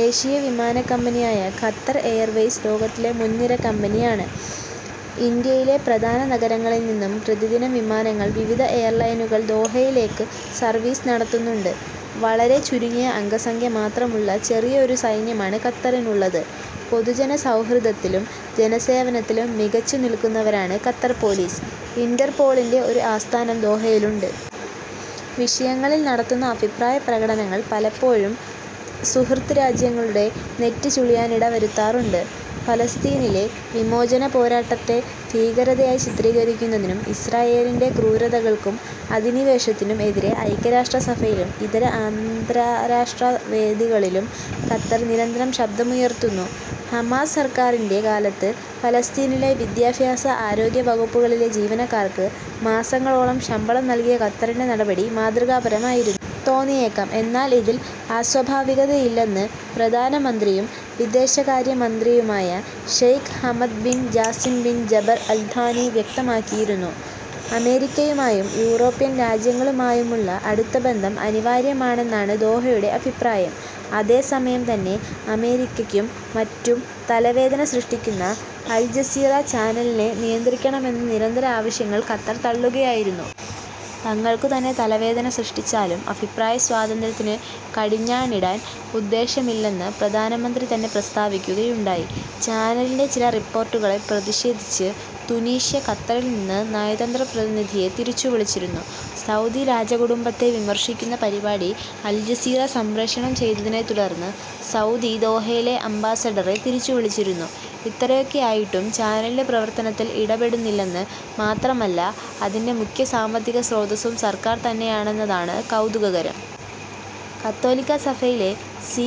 ദേശീയ വിമാനക്കമ്പനിയായ Qatar Airways ലോകത്തിലെ മുൻനിര കമ്പനിയാണ്. ഇന്ത്യയിലെ പ്രധാന നഗരങ്ങളിൽ നിന്നും പ്രതിദിനം വിമാനങ്ങൾ വിവിധ എയർലൈനുകൾ ദോഹയിലേക്കു സർവീസ് നടത്തുന്നുണ്ട്. വളരെ ചുരുങ്ങിയ അംഗസംഖ്യ മാത്രമുള്ള ചെറിയ ഒരു സൈന്യമാണ് ഖത്തറിനുള്ളത്. പൊതുജന സൗഹൃദത്തിലും ജനസേവനത്തിലും മികച്ചുനിൽക്കുന്നവരാണ് ഖത്തർ പോലീസ്. ഇന്റെർ പോളിന്റെ ഒരു ആസ്ഥാനം ദോഹയിലുണ്ട്. വിഷയങ്ങളിൽ നടത്തുന്ന അഭിപ്രായപ്രകടനങ്ങൾ പലപ്പോഴും സുഹൃദ് രാജ്യങ്ങളുടെ നെറ്റിചുളിയാനിടവരുത്താറുണ്ട്. ഫലസ്തീനിലെ വിമോചനപോരാട്ടത്തെ ഭീകരതയായി ചിത്രീകരിക്കുന്നതിനും ഇസ്രായേലിന്റെ ക്രൂരതകൾക്കും അധിനിവേശത്തിനും എതിരെ ഐക്യരാഷ്ട്രസഭയിലും ഇതര അന്താരാഷ്ട്രവേദികളിലും ഖത്തർ നിരന്തരം ശബ്ദമുയർത്തുന്നു. ഹമാസ് സർക്കാറിന്റെ കാലത്ത്ഫലസ്തീനിലെ വിദ്യാഭ്യാസ, ആരോഗ്യ വകുപ്പുകളിലെ ജീവനക്കാർക്ക് മാസങ്ങളോളം ശമ്പളം നൽകിയ ഖത്തറിന്റെ നടപടി മാതൃകാപരമായിരുന്നു. തോന്നിയേക്കാം. എന്നാൽ ഇതിൽ അസ്വാഭാവികതയില്ലെന്ന് പ്രധാനമന്ത്രിയും വിദേശകാര്യ മന്ത്രിയുമായ Sheikh Hamad bin Jassim bin Jaber Al Thani വ്യക്തമാക്കിയിരുന്നു. അമേരിക്കയുമായും യൂറോപ്യൻ രാജ്യങ്ങളുമായുമുള്ള അടുത്ത ബന്ധം അനിവാര്യമാണെന്നാണ് ദോഹയുടെ അഭിപ്രായം. അതേസമയം തന്നെ അമേരിക്കക്കും മറ്റും തലവേദന സൃഷ്ടിക്കുന്ന അൽജസീറ ചാനലിനെനിയന്ത്രിക്കണമെന്ന നിരന്തര ആവശ്യങ്ങൾ ഖത്തർ തള്ളുകയായിരുന്നു. തങ്ങൾക്കുതന്നെ തലവേദനസൃഷ്ടിച്ചാലും അഭിപ്രായ സ്വാതന്ത്ര്യത്തിന് കടിഞ്ഞാണിടാൻ ഉദ്ദേശ്യമില്ലെന്ന് പ്രധാനമന്ത്രി തന്നെ പ്രസ്താവിക്കുകയുണ്ടായി. ചാനലിന്റെ ചില റിപ്പോർട്ടുകളിൽ പ്രതിഷേധിച്ച് തുനീഷ്യ ഖത്തറിൽ നിന്ന് നയതന്ത്ര പ്രതിനിധിയെ തിരിച്ചുവിളിച്ചിരുന്നു. സൗദി രാജകുടുംബത്തെ വിമർശിക്കുന്ന പരിപാടി അൽജസീറ സംപ്രേഷണം ചെയ്തതിനെ തുടർന്ന് സൗദി ദോഹയിലെ അംബാസഡറെ തിരിച്ചുവിളിച്ചിരുന്നു. ഇത്രയൊക്കെയായിട്ടും ചാനലിന്റെ പ്രവർത്തനത്തിൽ ഇടപെടുന്നില്ലെന്ന് മാത്രമല്ല, അതിന്റെ മുഖ്യ സാമ്പത്തിക സ്രോതസ്സും സർക്കാർ തന്നെയാണെന്നതാണ് കൗതുകകരം. കത്തോലിക്കാ സഭയിലെ സി.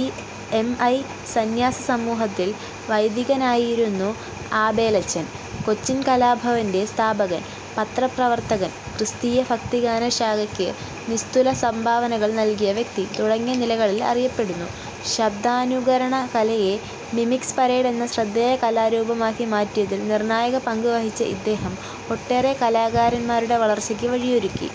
എം. ഐ. സന്യാസ സമൂഹത്തിൽ വൈദികനായിരുന്നു ആബേലച്ചൻ. കൊച്ചിൻ കലാഭവന്റെ സ്ഥാപകൻ, പത്രപ്രവർത്തകൻ, ക്രിസ്തീയ ഭക്തിഗാന ശാഖക്ക് നിസ്തുല സംഭാവനകൾ നൽകിയ വ്യക്തി തുടങ്ങിയ നിലകളിൾ അറിയപ്പെടുന്നു. ശബ്ദാനുകരണ കലയെ മിമിക്സ് പരേഡ് എന്ന ശ്രദ്ധേയ കലാരൂപമാക്കി മാറ്റിയതിൽ നിർണായക പങ്കുവഹിച്ച ഇദ്ദേഹം ഒട്ടേറെ കലാകാരൻമാരുടെ വളർച്ചക്ക് വഴിയൊരുക്കി.